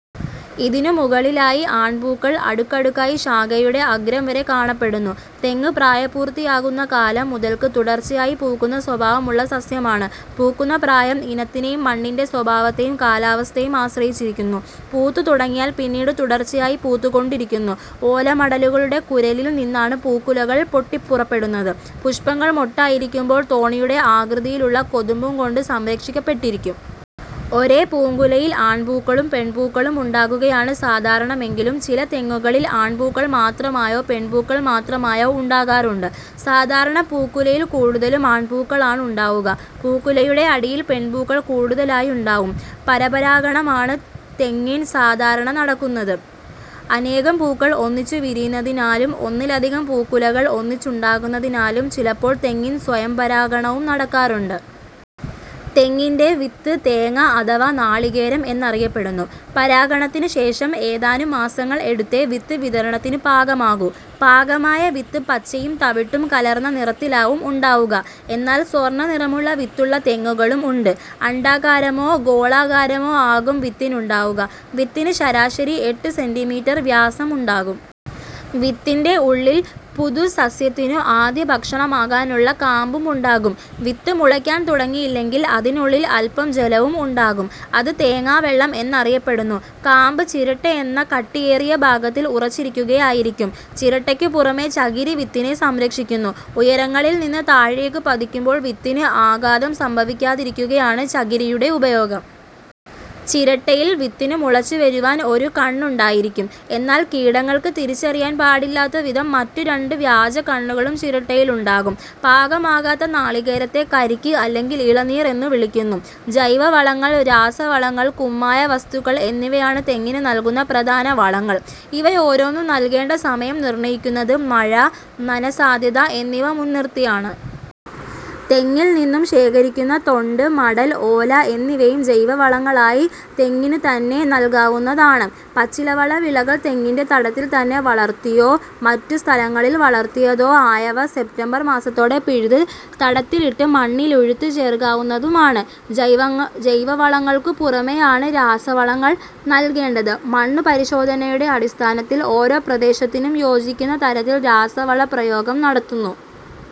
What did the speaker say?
ഇതിനു മുകളിലായി ആൺപൂക്കൾ അടുക്കടുക്കായി ശാഖയുടെ അഗ്രം വരെ കാണപ്പെടുന്നു. തെങ്ങ് പ്രായപൂർത്തിയാകുന്ന കാലം മുതൽക്ക് തുടർച്ചയായി പൂക്കുന്ന സ്വഭാവമുള്ള സസ്യമാണ്. പൂക്കുന്ന പ്രായം ഇനത്തിനേയും മണ്ണിന്റെ സ്വഭാവത്തേയും കാലാവസ്ഥയേയും ആശ്രയിച്ചിരിക്കുന്നു. പൂത്തുതുടങ്ങിയാൽ പിന്നീട് തുടർച്ചയായി പൂത്തുകൊണ്ടിരിക്കുന്നു. ഓലമടലുകളുടെ കുരലിൽ നിന്നാണ് പൂക്കുലകൾ പൊട്ടിപ്പുറപ്പെടുന്നത്. പുഷ്പങ്ങൾ മൊട്ടായിരിക്കുമ്പോൾ തോണിയുടെ ആകൃതിയിലുള്ള കൊതുമ്പുകൊണ്ട് സംരക്ഷിക്കപ്പെട്ടിരിക്കും. ഒരേ പൂങ്കുലയിൽ ആൺപൂക്കളും പെൺപൂക്കളും ഉണ്ടാകുകയാണ് സാധാരണമെങ്കിലും ചില തെങ്ങുകളിൽ ആൺപൂക്കൾ മാത്രമായോ പെൺപൂക്കൾ മാത്രമായോ ഉണ്ടാകാറുണ്ട്. സാധാരണ പൂക്കുലയിൽ കൂടുതലും ആൺപൂക്കളാണുണ്ടാവുക. പൂക്കുലയുടെ അടിയിൽ പെൺപൂക്കൾ കൂടുതലായുണ്ടാവും. പരപരാഗണമാണ് തെങ്ങിൽ സാധാരണ നടക്കുന്നത്. അനേകം പൂക്കൾ ഒന്നിച്ചുവിരിയുന്നതിനാലും ഒന്നിലധികം പൂക്കുലകൾ ഒന്നിച്ചുണ്ടാകുന്നതിനാലും ചിലപ്പോൾ തെങ്ങിൽ സ്വയംപരാഗണവും നടക്കാറുണ്ട്. തെങ്ങിന്റെ വിത്ത് തേങ്ങ അഥവാ നാളികേരം എന്നറിയപ്പെടുന്നു. പരാഗണത്തിനു ശേഷം ഏതാനും മാസങ്ങൾ എടുത്തേ വിത്ത് വിതരണത്തിനു പാകമാകൂ. പാകമായ വിത്ത് പച്ചയും തവിട്ടും കലർന്ന നിറത്തിലാവും ഉണ്ടാവുക. എന്നാൽ സ്വർണ്ണനിറമുള്ള വിത്തുള്ള തെങ്ങുകളും ഉണ്ട്. അണ്ഡാകാരമോ ഗോളാകാരമോ ആകും വിത്തിനുണ്ടാവുക. വിത്തിന് ശരാശരി എട്ട് സെന്റീമീറ്റർ വ്യാസം ഉണ്ടാകും. വിത്തിന്റെ ഉള്ളിൽ പുതുസസ്യത്തിനു ആദ്യഭക്ഷണമാകാനുള്ള കാമ്പുമുണ്ടാകും വിത്ത് മുളക്കാൻ തുടങ്ങിയില്ലെങ്കിൽ അതിനുള്ളിൽ അല്പം ജലവും ഉണ്ടാകും. അത് തേങ്ങാവെള്ളം എന്നറിയപ്പെടുന്നു. കാമ്പ് ചിരട്ടയെന്ന കട്ടിയേറിയ ഭാഗത്തിൽ ഉറച്ചിരിക്കുകയായിരിക്കും. ചിരട്ടക്കു പുറമേ ചകിരി വിത്തിനെ സംരക്ഷിക്കുന്നു. ഉയരങ്ങളിൽ നിന്ന് താഴേക്കു പതിക്കുമ്പോൾ വിത്തിന് ആഘാതം സംഭവിക്കാതിരിക്കുകയാണ് ചകിരിയുടെ ഉപയോഗം. ചിരട്ടയിൽ വിത്തിനു മുളച്ചുവരുവാൻ ഒരു കണ്ണുണ്ടായിരിക്കും. എന്നാൽ കീടങ്ങൾക്ക് തിരിച്ചറിയാൻ പാടില്ലാത്തവിധം മറ്റുരണ്ട് വ്യാജകണ്ണുകളും ചിരട്ടയിലുണ്ടാകും. പാകമാകാത്ത നാളികേരത്തെ കരിക്ക് അല്ലെങ്കിൽ ഇളനീർ എന്നു വിളിക്കുന്നു. ജൈവവളങ്ങൾ, രാസവളങ്ങൾ, കുമ്മായ വസ്തുക്കൾ എന്നിവയാണ് തെങ്ങിന് നൽകുന്ന പ്രധാന വളങ്ങൾ. ഇവ ഓരോന്നും നൽകേണ്ട സമയം നിർണ്ണയിക്കുന്നത്; മഴ, നനസാധ്യത എന്നിവ മുൻനിർത്തിയാണ്. തെങ്ങിൽ നിന്നും ശേഖരിക്കുന്ന തൊണ്ട്, മടൽ, ഓല എന്നിവയും ജൈവവളമായി തെങ്ങിനുതന്നെ നൽകാവുന്നതുമാണ്. പച്ചിലവള വിളകൾ തെങ്ങിന്റെ തടത്തിൽ തന്നെ വളർത്തിയോ മറ്റു സ്ഥലങ്ങളിൽ വളർത്തിയതോ ആയവ സെപ്റ്റംബർ മാസത്തോടെ പിഴുത് തടത്തിലിട്ട് മണ്ണിലുഴുത് ചേർക്കാവുന്നതുമാണ്. ജൈവവളങ്ങൾക്ക് പുറമേയാണ് രാസവളങ്ങൾ നൽകേണ്ടത്. മണ്ണുപരിശോധനയുടെ അടിസ്ഥാനത്തിൽ ഓരോ പ്രദേശത്തിനും യോജിക്കുന്ന തരത്തിൽ രാസവളപ്രയോഗം നടത്തുന്നു.